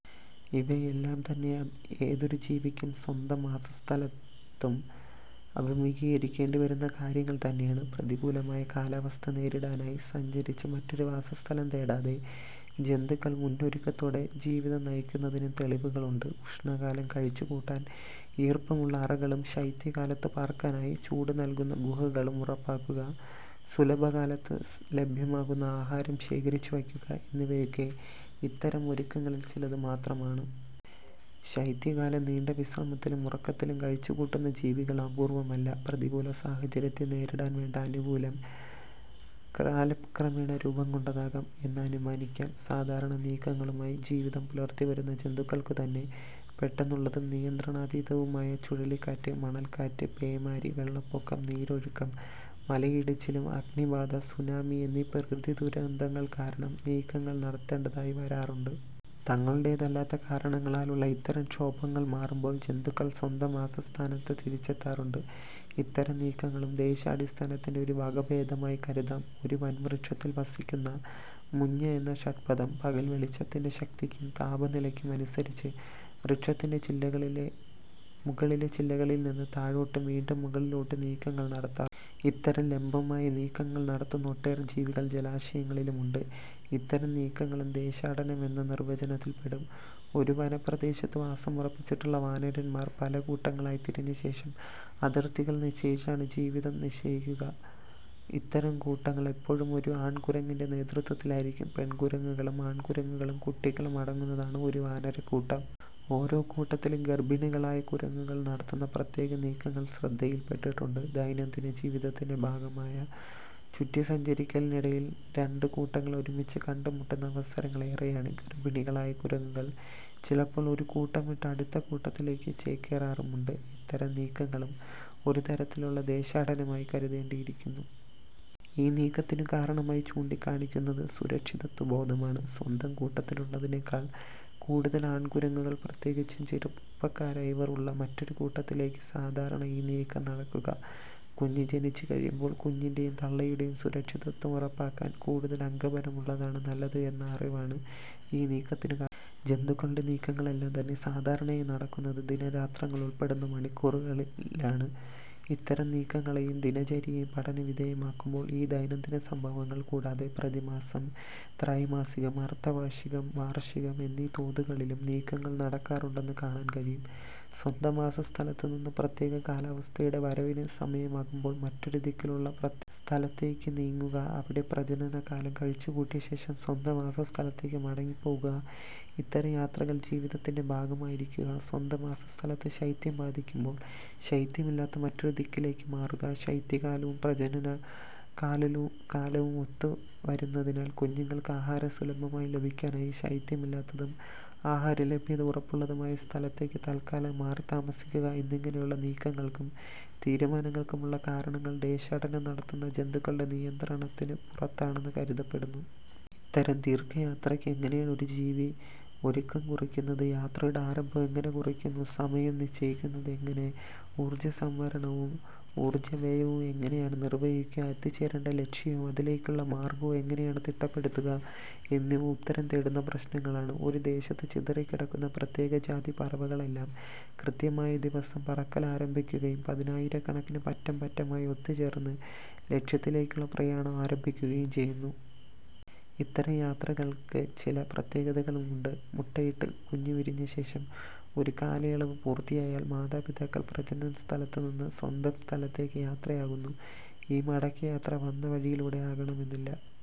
ഇവയെല്ലാംതന്നെ ഏതൊരു ജീവിക്കും സ്വന്തം വാസസ്ഥലത്തും അഭിമുഖീകരിക്കേണ്ടിവരുന്ന കാര്യങ്ങൾ തന്നെയാണ്. പ്രതികൂലമായ കാലവസ്ഥ നേരിടാനായി സഞ്ചരിച്ച് മറ്റൊരു വാസസ്ഥലം തേടാതെ ജന്തുക്കൾ മുൻഒരുക്കത്തോടെ ജീവിതം നയിക്കുന്നതിനും തെളിവുകൾ ഉണ്ട്. ഉഷ്ണകാലം കഴിച്ചുകൂട്ടാൻ ഈർപ്പമുള്ള അറകളും ശൈത്യകാലത്തു പാർക്കാനായി ചൂടുനല്കുന്ന ഗുഹകളും ഉറപ്പാക്കുക, സുലഭകാലത്ത് ലഭ്യമാകുന്ന ആഹാരം ശേഖരിച്ചുവയ്ക്കുക എന്നിവയൊക്കെ ഇത്തരം ഒരുക്കങ്ങളിൽ ചിലതു മാത്രമാണ്. ശൈത്യകാലം നീണ്ട വിശ്രമത്തിലും ഉറക്കത്തിലും കഴിച്ചുകൂട്ടുന്ന ജീവികളും അപൂർവമല്ല. പ്രതികൂലസാഹചര്യത്തെ നേരിടാൻവേണ്ട അനുകൂലനം കാലക്രമേണ രൂപംകൊണ്ടതാകാം എന്ന് അനുമാനിക്കാം. സാധാരണ നീക്കങ്ങളുമായി ജീവിതം പുലർത്തിവരുന്ന ജന്തുക്കൾക്കുതന്നെ പെട്ടെന്നുള്ളതും നിയന്ത്രണാതീതവും ആയ ചുഴലിക്കാറ്റ്, മണൽക്കാറ്റ്, പേമാരി, വെള്ളപ്പൊക്കം, നീരൊഴുക്കും മലയിടിച്ചിലും, അഗ്നിബാധ, സുനാമി എന്നീ പ്രകൃതിദുരന്തങ്ങൾകാരണം നീക്കങ്ങൾ നടത്തേണ്ടതായി വരാറുണ്ട്. തങ്ങളുടേതല്ലാത്ത കാരണങ്ങളാലുള്ള ഇത്തരം ക്ഷോഭങ്ങൾ മാറുമ്പോൾ ജന്തുക്കൾ സ്വന്തം വാസസ്ഥാനത്ത് തിരിച്ചെത്താറുണ്ട്. ഇത്തരം നീക്കങ്ങളും ദേശാടനത്തിന്റെ ഒരു വകഭേദമായി കരുതാം. ഒരു വൻവൃക്ഷത്തിൽ വസിക്കുന്ന മുഞ്ഞ എന്ന ഷഡ്പദം പകൽവെളിച്ചത്തിന്റെ ശക്തിക്കും താപനിലയ്ക്കും അനുസരിച്ച് വൃക്ഷത്തിന്റെ മുകളിലെ ചില്ലകളിൽനിന്ന് താഴോട്ടും വീണ്ടും മുകളിലോട്ടും നീക്കങ്ങൾ നടത്താറുണ്ട്. ഇത്തരം ലംബമായ നീക്കങ്ങൾ നടത്തുന്ന ഒട്ടേറെ ജീവികൾ ജലാശയങ്ങളിലുമുണ്ട്. ഇത്തരം നീക്കങ്ങളും ദേശാടനം എന്ന നിർവചനത്തിൽപ്പെടും. ഒരു വനപ്രദേശത്ത് വാസമുറപ്പിച്ചിട്ടുള്ള വാനരന്മാർ പല കൂട്ടങ്ങളായി തിരിഞ്ഞശേഷം അതിർത്തികൾ നിശ്ചയിച്ചാണ് ജീവിതം നയിക്കുക. ഇത്തരം കൂട്ടങ്ങൾ എപ്പോഴും ഒരു ആൺകുരങ്ങിന്റെ നേതൃത്വത്തിലായിരിക്കും. പെൺകുരങ്ങുകളും ആൺകുരങ്ങുകളും കുട്ടികളും അടങ്ങുന്നതാണ് ഒരു വാനരക്കൂട്ടം. ഓരോ കൂട്ടത്തിലും ഗർഭിണികളായ കുരങ്ങുകൾ നടത്തുന്ന പ്രത്യേക നീക്കങ്ങൾ ശ്രദ്ധയിൽ പ്പെട്ടിട്ടുണ്ട്. ദൈനംദിന ജീവിതത്തിന്റെ ഭാഗമായ ചുറ്റിസഞ്ചരിക്കലിനിടയിൽ രണ്ട് കൂട്ടങ്ങൾ ഒരുമിച്ച് കണ്ടുമുട്ടുന്ന അവസരങ്ങൾ ഏറെയാണ്. ഗർഭിണികളായ കുരങ്ങുകൾ ചിലപ്പോൾ ഒരു കൂട്ടം വിട്ട് അടുത്ത കൂട്ടത്തിലേക്ക് ചേക്കേറാറുമുണ്ട്. ഇത്തരം നീക്കങ്ങളും ഒരുതരത്തിലുള്ള ദേശാടനമായി കരുതേണ്ടിയിരിക്കുന്നു. ഈ നീക്കത്തിനു കാരണമായി ചൂണ്ടിക്കാണിക്കുന്നത് സുരക്ഷിതത്വബോധമാണ്. സ്വന്തം കൂട്ടത്തിലുള്ളതിനെക്കാൾ കൂടുതൽ ആൺകുരങ്ങുകൾ, പ്രത്യേകിച്ചും ചെറുപ്പക്കാരായവർ ഉള്ള മറ്റൊരു കൂട്ടത്തിലേക്കാണ് സാധാരണ ഈ നീക്കം നടക്കുക. കുഞ്ഞ് ജനിച്ചുകഴിയുമ്പോൾ കുഞ്ഞിന്റെയും തള്ളയുടെയും സുരക്ഷിതത്വം ഉറപ്പാക്കാൻ കൂടുതൽ അംഗബലം ഉള്ളതാണ് നല്ലത് എന്ന അറിവാണ് ഈ നീക്കത്തിനു കാരണം. ജന്തുക്കളുടെ നീക്കങ്ങളെല്ലാംതന്നെ സാധാരണയായി നടക്കുന്നത് ദിനരാത്രങ്ങളുൾപ്പെടുന്ന മണിക്കൂറിനുള്ളിലാണ്. ഇത്തരം നീക്കങ്ങളെയും ദിനചര്യയെയും പഠനവിധേയമാക്കുമ്പോൾ ഈ ദൈനംദിന സംഭവങ്ങൾ കൂടാതെ പ്രതിമാസം, ത്രൈമാസികം, അർധവാർഷികം, വാർഷികം എന്നീ തോതുകളിലും നീക്കങ്ങൾ നടക്കാറുണ്ടെന്നു കാണാൻ കഴിയും. സ്വന്തം വാസസ്ഥാനത്തുനിന്ന് പ്രത്യേക കാലാവസ്ഥയുടെ വരവിനു സമയമാകുമ്പോൾ മറ്റൊരു ദിക്കിലുള്ള പ്രത്യേക സ്ഥലത്തേക്കു നീങ്ങുക, അവിടെ പ്രജനനകാലം കഴിച്ചുകൂട്ടിയശേഷം സ്വന്തം വാസസ്ഥലത്തേക്കു മടങ്ങിപ്പോവുക, ഇത്തരം യാത്രകൾ ജീവിതത്തിന്റെ ഭാഗമായിരിക്കുക, സ്വന്തം വാസസ്ഥലത്ത് ശൈത്യം ബാധിക്കുമ്പോൾ ശൈത്യമില്ലാത്ത മറ്റൊരു ദിക്കിലേക്കു മാറുക, ശൈത്യകാലവും പ്രജനനകാലവും ഒത്തുവരുന്നതിനാൽ കുഞ്ഞുങ്ങൾക്ക് ആഹാരം സുലഭമായി ലഭിക്കാനായി ശൈത്യമില്ലാത്തതും ആഹാരലഭ്യത ഉറപ്പുള്ളതുമായ സ്ഥലത്തേക്ക് തത്ക്കാലം മാറിത്താമസിക്കുക എന്നിങ്ങനെയുള്ള നീക്കങ്ങൾക്കും തീരുമാനങ്ങൾക്കും ഉള്ള കാരണങ്ങൾ ദേശാടനം നടത്തുന്ന ജന്തുക്കളുടെ നിയന്ത്രണത്തിനു പുറത്താണെന്ന് കരുതപ്പെടുന്നു. ഇത്തരം ദീർഘയാത്രയ്ക്ക് എങ്ങനെയാണ് ഒരു ജീവി ഒരുക്കം കുറിക്കുന്നത്, യാത്രയുടെ ആരംഭം എങ്ങനെ കുറിക്കുന്നു, സമയം നിശ്ചയിക്കുന്നത് എങ്ങനെ, ഊർജസംഭരണവും ഊർജവ്യയവും എങ്ങനെയാണ് നിർവഹിക്കുക, എത്തിച്ചേരേണ്ട ലക്ഷ്യവും അതിലേക്കുള്ള മാർഗവും എങ്ങനെയാണ് തിട്ടപ്പെടുത്തുക എന്നിവ ഉത്തരം തേടുന്ന പ്രശ്നങ്ങളാണ്. ഒരു ദേശത്ത് ചിതറിക്കിടക്കുന്ന പ്രത്യേകജാതി പറവകളെല്ലാം കൃത്യമായ ദിവസം പറക്കലാരംഭിക്കുകയും, പതിനായിരക്കണക്കിന് പറ്റം പറ്റമായി ഒത്തു ചേർന്ന് ലക്ഷ്യത്തിലേക്കുള്ള പ്രയാണം ആരംഭിക്കുകയും ചെയ്യുന്നു. ഇത്തരം യാത്രകൾക്ക് ചില പ്രത്യേകതകളുണ്ട്. മുട്ടയിട്ട് കുഞ്ഞ് വിരിഞ്ഞശേഷം ഒരു കാലയളവ് പൂർത്തിയായാൽ മാതാപിതാക്കൾ പ്രജനനസ്ഥലത്തുനിന്ന് സ്വന്തം സ്ഥലത്തേക്കു യാത്രയാകുന്നു. ഈ മടക്കയാത്ര വന്ന വഴിയിലൂടെ ആകണമെന്നില്ല.